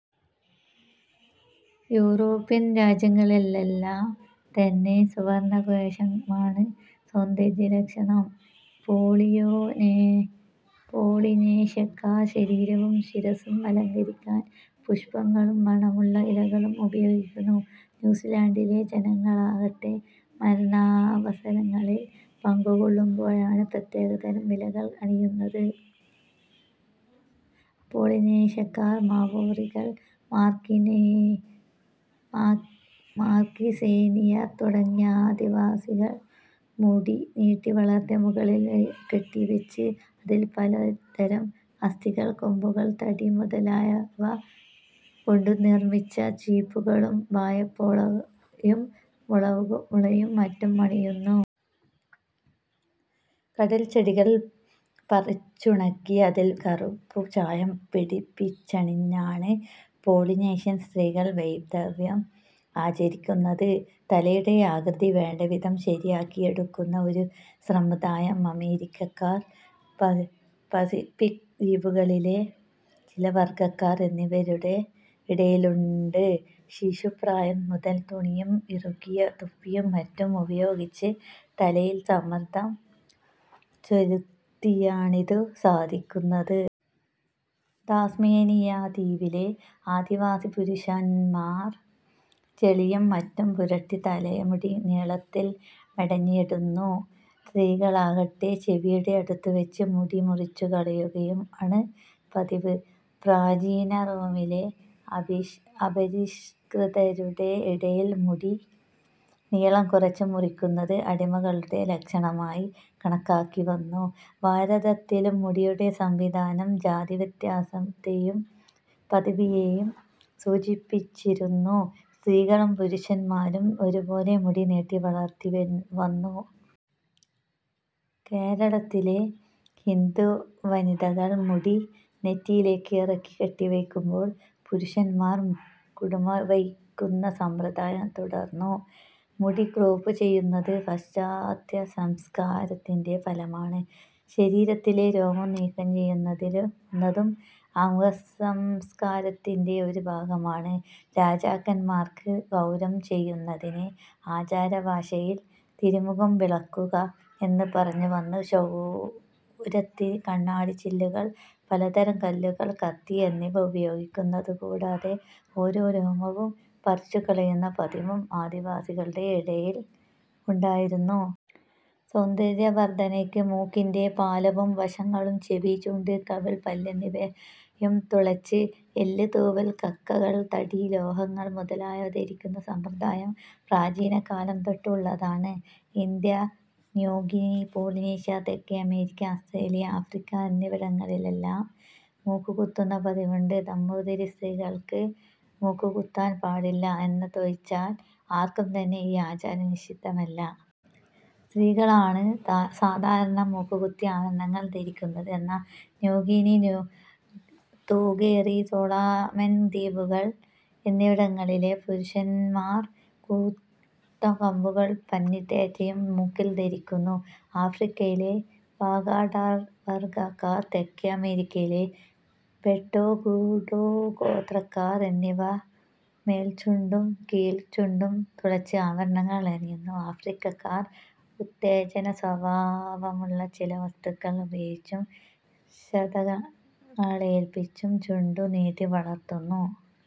European രാജ്യങ്ങളിലെല്ലാംതന്നെ സുവർണകേശമാണ് സൗന്ദര്യലക്ഷണം. പോളിനേഷ്യക്കാർ ശരീരവും ശിരസ്സും അലങ്കരിക്കാൻ പുഷ്പങ്ങളും മണമുള്ള ഇലകളും ഉപയോഗിക്കുന്നു. ന്യൂസിലൻഡിലെ ജനങ്ങളാകട്ടെ മരണാവസരങ്ങളിൽ പങ്കുകൊള്ളുമ്പോഴാണ് പ്രത്യേകതരം ഇലകൾ അണിയുന്നത്. പോളിനേഷ്യക്കാർ, മാവോറികൾ, മാർക്വിസേനിയർ തുടങ്ങിയ ആദിവാസികൾ മുടി നീട്ടിവളർത്തി മുകളിൽ കെട്ടിവച്ച് അതിൽ പലതരം അസ്ഥികൾ, കൊമ്പുകൾ, തടി മുതലായവകൊണ്ടുനിർമിച്ച ചീപ്പുകളും വാഴപ്പോളയും മുളയുംമറ്റും അണിയുന്നു. കടൽച്ചെടികൾ പറിച്ചുണക്കി അതിൽ കറുപ്പുചായം പിടിപ്പിച്ചണിഞ്ഞാണ് പോളിനേഷ്യൻ സ്ത്രീകൾ വൈധവ്യം ആചരിക്കുന്നത്. തലയുടെ ആകൃതി വേണ്ടവിധം ശരിയാക്കിയെടുക്കുന്ന ഒരു സമ്പ്രദായം അമേരിന്ത്യക്കാർ, പസിഫിക് ദ്വീപുകളിലെ ചില വർഗക്കാർ എന്നിവരുടെ ഇടയിലുണ്ട്. ശിശുപ്രായം മുതൽ, തുണിയും ഇറുകിയ തൊപ്പിയും മറ്റും ഉപയോഗിച്ച് തലയിൽ സമ്മർദം ചെലുത്തിയാണിതു സാധിക്കുന്നത്. ടാസ്മേനിയാദ്വീപിലെ ആദിവാസിപുരുഷൻമാർ ചെളിയും മറ്റും പുരട്ടി തലമുടി നീളത്തിൽ മെടഞ്ഞിടുന്നു. സ്ത്രീകളാകട്ടെ ചെവിയുടെ അടുത്തുവച്ച് മുടി മുറിച്ചുകളയുകയാണ് പതിവ്. പ്രാചീനറോമിലെ അപരിഷ്കൃതരുടെ ഇടയിൽ മുടി നീളം കുറച്ചു മുറിക്കുന്നത് അടിമകളുടെ ലക്ഷണമായി കണക്കാക്കിവന്നു. ഭാരതത്തിലും മുടിയുടെ സംവിധാനം ജാതിവ്യത്യാസത്തെയും പദവിയെയും സൂചിപ്പിച്ചിരുന്നു. സ്ത്രീകളും പുരുഷന്മാരും ഒരുപോലെ മുടി നീട്ടിവളർത്തിവന്നു. കേരളത്തിലെ ഹിന്ദുവനിതകൾ മുടി നെറ്റിയിലേക്ക് ഇറക്കി കെട്ടിവയ്ക്കുമ്പോൾ പുരുഷന്മാർ കുടുമവയ്ക്കുന്ന സമ്പ്രദായം തുടർന്നു. മുടി ക്രോപ്പുചെയ്യുന്നത് പാശ്ചാത്യസംസ്കാരത്തിന്റെ ഫലമാണ്. ശരീരത്തിലെ രോമം നീക്കംചെയ്യുന്നതും അംഗസംസ്കാരത്തിന്റെ ഒരു ഭാഗമാണ്. രാജാക്കൻമാർക്ക് ക്ഷൗരം ചെയ്യുന്നതിനെ ആചാരഭാഷയിൽ തിരുമുഖം വിളക്കുക എന്നു പറഞ്ഞുവന്നു. ക്ഷൗരത്തിന് കണ്ണാടിച്ചില്ലുകൾ, പലതരം കല്ലുകൾ, കത്തി എന്നിവ ഉപയോഗിക്കുന്നതുകൂടാതെ ഓരോ രോമവും പറിച്ചുകളയുന്ന പതിവും ആദിവാസികളുടെ ഇടയിൽ ഉണ്ടായിരുന്നു. സൗന്ദര്യവർദ്ധനയ്ക്ക് മൂക്കിന്റെ പാലവും വശങ്ങളും ചെവി, ചുണ്ട്, കവിൾ, പല്ല് എന്നിവയും തുളച്ച് എല്ല്, തൂവൽ, കക്കകൾ, തടി, ലോഹങ്ങൾ മുതലായവ ധരിക്കുന്ന സമ്പ്രദായം പ്രാചീനകാലംതൊട്ട് ഉള്ളതാണ്. ഇന്ത്യ, ന്യൂഗിനി, പോളിനേഷ്യ, തെക്കേ അമേരിക്ക, ആസ്റ്റ്രേലിയ, ആഫ്രിക്ക എന്നിവിടങ്ങളിലെല്ലാം മൂക്കുകുത്തുന്ന പതിവുണ്ട്. നമ്പൂതിരി സ്ത്രീകൾക്ക് മൂക്കുകുത്താൻ പാടില്ലാ എന്നതൊഴിച്ചാൽ ആർക്കുംതന്നെ ഈ ആചാരം നിഷിദ്ധമല്ല. സ്ത്രീകളാണ് സാധാരണ മൂക്കുകുത്തി ആഭരണങ്ങൾ ധരിക്കുന്നത്. എന്നാൽ ന്യൂഗിനി, തൂഗേറി, സോളമൻദ്വീപുകൾ എന്നിവിടങ്ങളിലെ പുരുഷൻമാർ കൂർത്ത കമ്പുകളും പന്നിത്തേറ്റയും മൂക്കിൽ ധരിക്കുന്നു. ആഫ്രിക്കയിലെ ബഗാഡാവർഗക്കാർ, തെക്കേ അമേരിക്കയിലെ ബെട്ടോകുഡോഗോത്രക്കാർ എന്നിവർ മേൽച്ചുണ്ടും കീഴ്ച്ചുണ്ടും തുളച്ച് ആഭരണങ്ങൾ അണിയുന്നു. ആഫ്രിക്കക്കാർ ഉത്തേജനസ്വഭാവമുള്ള ചില വസ്തുക്കൾ ഉപയോഗിച്ചും ക്ഷതങ്ങളേല്പിച്ചും ചുണ്ടു നീട്ടിവളർത്തുന്നു.